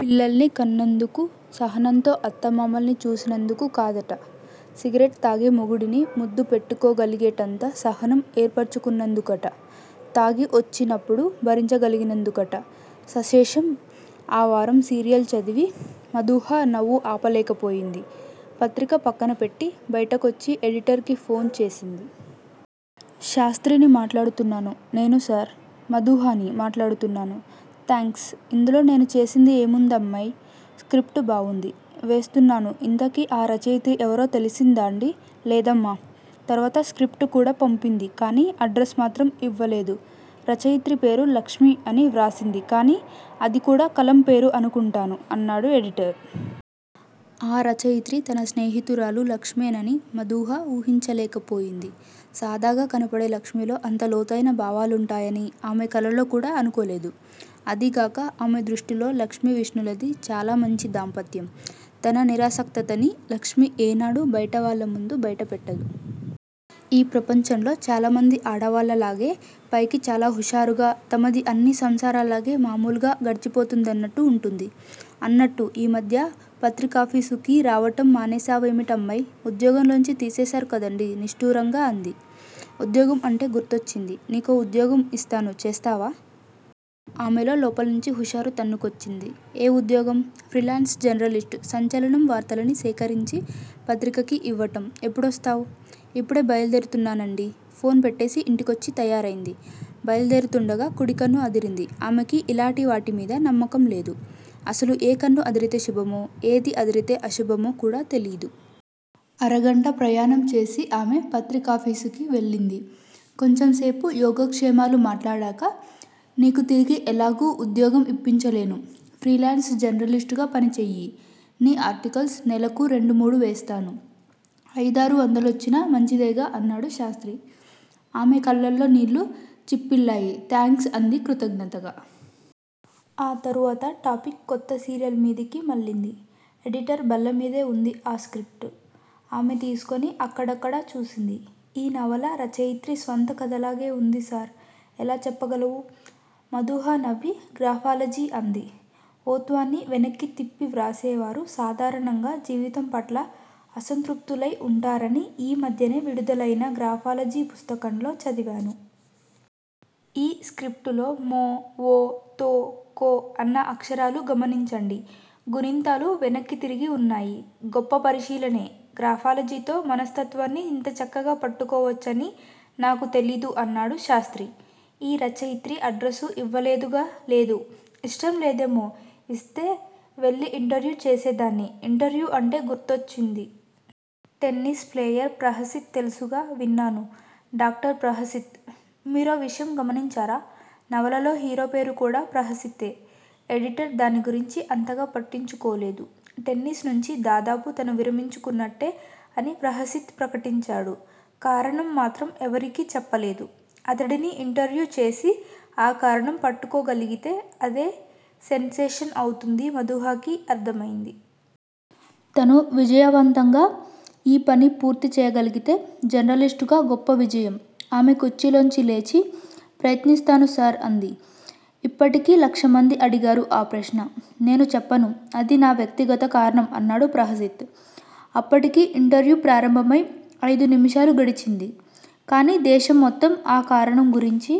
పిల్లల్ని కన్నందుకూ, సహనంతో అత్తామామల్ని చూసినందుకూ కాదట. సిగరెట్ తాగే మొగుడిని ముద్దు పెట్టుకోగలిగేటంత సహనం ఏర్పర్చుకున్నందుకట. తాగి వొచ్చినప్పుడు భరించగలిగినందుకట -సశేషం. ఆ వారం సీరియల్ చదివి మధూహ నవ్వు ఆప లేకపోయింది. పత్రిక పక్కన పెట్టి బయటకొచ్చి ఎడిటర్ కి ఫోన్ చేసింది. శాస్త్రిని మాట్లాడుతున్నాను నేను సర్. మదూహని మాట్లాడుతున్నాను. థాంక్స్. ఇందులో నేను చేసింది ఏముందమ్మాయ్. స్క్రిప్టు బావుంది. వేస్తున్నాను ఇంతకీ ఆ రచయితి ఎవరో తెలిసిందాండీ లేదమ్మా, తరువాత స్క్రిప్టు కూడా పంపింది కానీ అడ్రసు మాత్రం ఇవ్వలేదు. రచయిత్రి పేరు 'లక్ష్మి' అని వ్రాసింది కానీ అది కూడా కలం పేరు అనుకుంటాను అన్నాడు ఎడిటరు. ఆ రచయిత్రి తన స్నేహితురాలు 'లక్ష్మే' నని మధూహ వూహించలేక పోయింది. సాదాగా కనపడే లక్ష్మిలో అంత లోతయిన భావాలుంటాయని ఆమె కలలో కూడా అనుకోలేదు. అదీగాక ఆమె దృష్టిలో లక్ష్మి విష్ణులది చాలా మంచి దాంపత్యం. తన నిరాసక్తతని లక్ష్మి ఎ నాడూ బయట వాళ్ల ముందు బయట పెట్టదు. ఈ ప్రపంచంలో చాలా మంది ఆడవాళ్ళ లాగే. పైకి చాలా హుషారుగా, తమది అన్ని సంసారాల్లాగే మామూలుగా గడిచిపోతూందన్నట్టు వుంటుంది. అన్నట్టు ఈ మధ్య పత్రికాఫీసుకి రావటం మానేసావేమిటమ్మాయ్ ఉద్యోగం లోంచి తీసేసారు కదండీ నిష్ఠూరంగా అంది. ఉద్యోగం అంటే గుర్తొచ్చింది. నీకో వుద్యోగం ఇస్తాను చేస్తావా? ఆమెలో లోపల్నుంచి హుషారు తన్నుకొచ్చింది. ఏ ఉద్యోగం? Freelance journalist. సంచలనం వార్తలని సేకరించి పత్రికకి ఇవ్వటం ఎప్పుడొస్తావ్? ఇప్పుడే బయల్దేరుతున్నానండి ఫోన్ పెట్టేసి ఇంటికొచ్చి తయారైంది. బయల్దేరుతుండగా కుడి కన్ను అదిరింది. ఆమెకి ఇలాటి వాటి మీద నమ్మకం లేదు. అసలు ఏ కన్ను అదిరితే శుభమో, ఏది అదిరితే అశుభమో కూడా తెలీదు. అరగంట ప్రయాణం చేసి ఆమె పత్రికాఫీసుకి వెళ్లింది. కొంచెంసేపు యోగక్షేమాలు మాట్లాడాక నీకు తిరిగి ఎలాగూ వుద్యోగం ఇప్పించలేను. ఫ్రీలాన్స్ జర్నలిస్టుగా పనిచెయ్యి. నీ ఆర్టికల్స్ నెలకు రెండు మూడు వేస్తాను. అయిదారు వందలొచ్చినా మంచిదేగా అన్నాడు శాస్త్రి. ఆమె కళ్ళలొ నీళ్ళు చిప్పిల్లాయి థాంక్స్ అంది కృతజ్ఞతగా. ఆ తరువాత టాపిక్ కొత్త సీరియల్ మీదికి మళ్లింది. ఎడిటర్ బల్లమీదే వుంది ఆ స్క్రిప్టు. ఆమె తీసుకుని అక్కడక్కడా చూసింది. ఈ నవల రచయిత్రి స్వంత కథలాగే వుంది సర్ ఎలా చెప్పగలవు? మధూహ నవ్వి గ్రాఫాలజీ అంది. ఓత్వాన్ని వెనక్కీ తిప్పి వ్రాసేవారు సాధారణంగా జీవితంపట్ల అసంతృప్తులై వుంటారని ఈ మధ్యనే విడుదలైన గ్రాఫాలజీ పుస్తకంలో చదివాను. ఈ స్క్రిప్టులో మొ, వొ, తొ, కొ అన్న అక్షరాలు గమనించండి. గుణింతాలు వెనక్కి తిరిగి వున్నాయి. గొప్ప పరిశీలనే. గ్రాఫాలజీతో మనస్తత్వాన్ని ఇంత చక్కగా పట్టుకోవచ్చని నాకు తెలీదు అన్నాడు శాస్త్రి. ఈ రచయిత్రి అడ్రసు ఇవ్వలేదుగా లేదు! ఇష్టం లేదేమో ఇస్తే వెళ్ళి ఇంటర్వ్యూ చేసేదాన్ని ఇంటర్వ్యూ అంటే గుర్తొచ్చింది. టెన్నీస్ ప్లేయర్ ప్రహసిత్ తెలుసుగా విన్నాను. డాక్టర్ ప్రహసిత్. మీరో విషయం గమనించారా? నవలలో హీరో పేరు కూడా ప్రహసితే ఎడిటర్ దాని గురించి అంతగా పట్టించుకోలేదు. టెన్నీస్ నుంచి దాదాపు తను విరమించుకున్నట్టే అని ప్రహసిత్ ప్రకటించాడు. కారణం మాత్రం ఎవరికీ చెప్పలేదు. అతడిని ఇంటర్వ్యూ చేసి ఆ కారణం పట్టుకోగలిగితే అది సెన్సేషన్ అవుతుంది మదూహకి అర్థమైంది. తను విజయవంతంగా ఈ పని పూర్తిచేయగలిగితే జర్నలిస్ట్ గా గొప్ప విజయం! ఆమె కుర్చీలోంచి లేచి, ప్రయత్నిస్తాను సర్ అంది. ఇప్పటికి లక్షమంది అడిగారు ఆ ప్రశ్న. నేను చెప్పను. అది నా వ్యక్తిగత కారణం అన్నాడు ప్రహసిత్. అప్పటికి ఇంటర్వ్యూ ప్రారంభమై అయిదు నిముషాలు గడిచింది. కానీ దేశం మొత్తం ఆ కారణం గురించి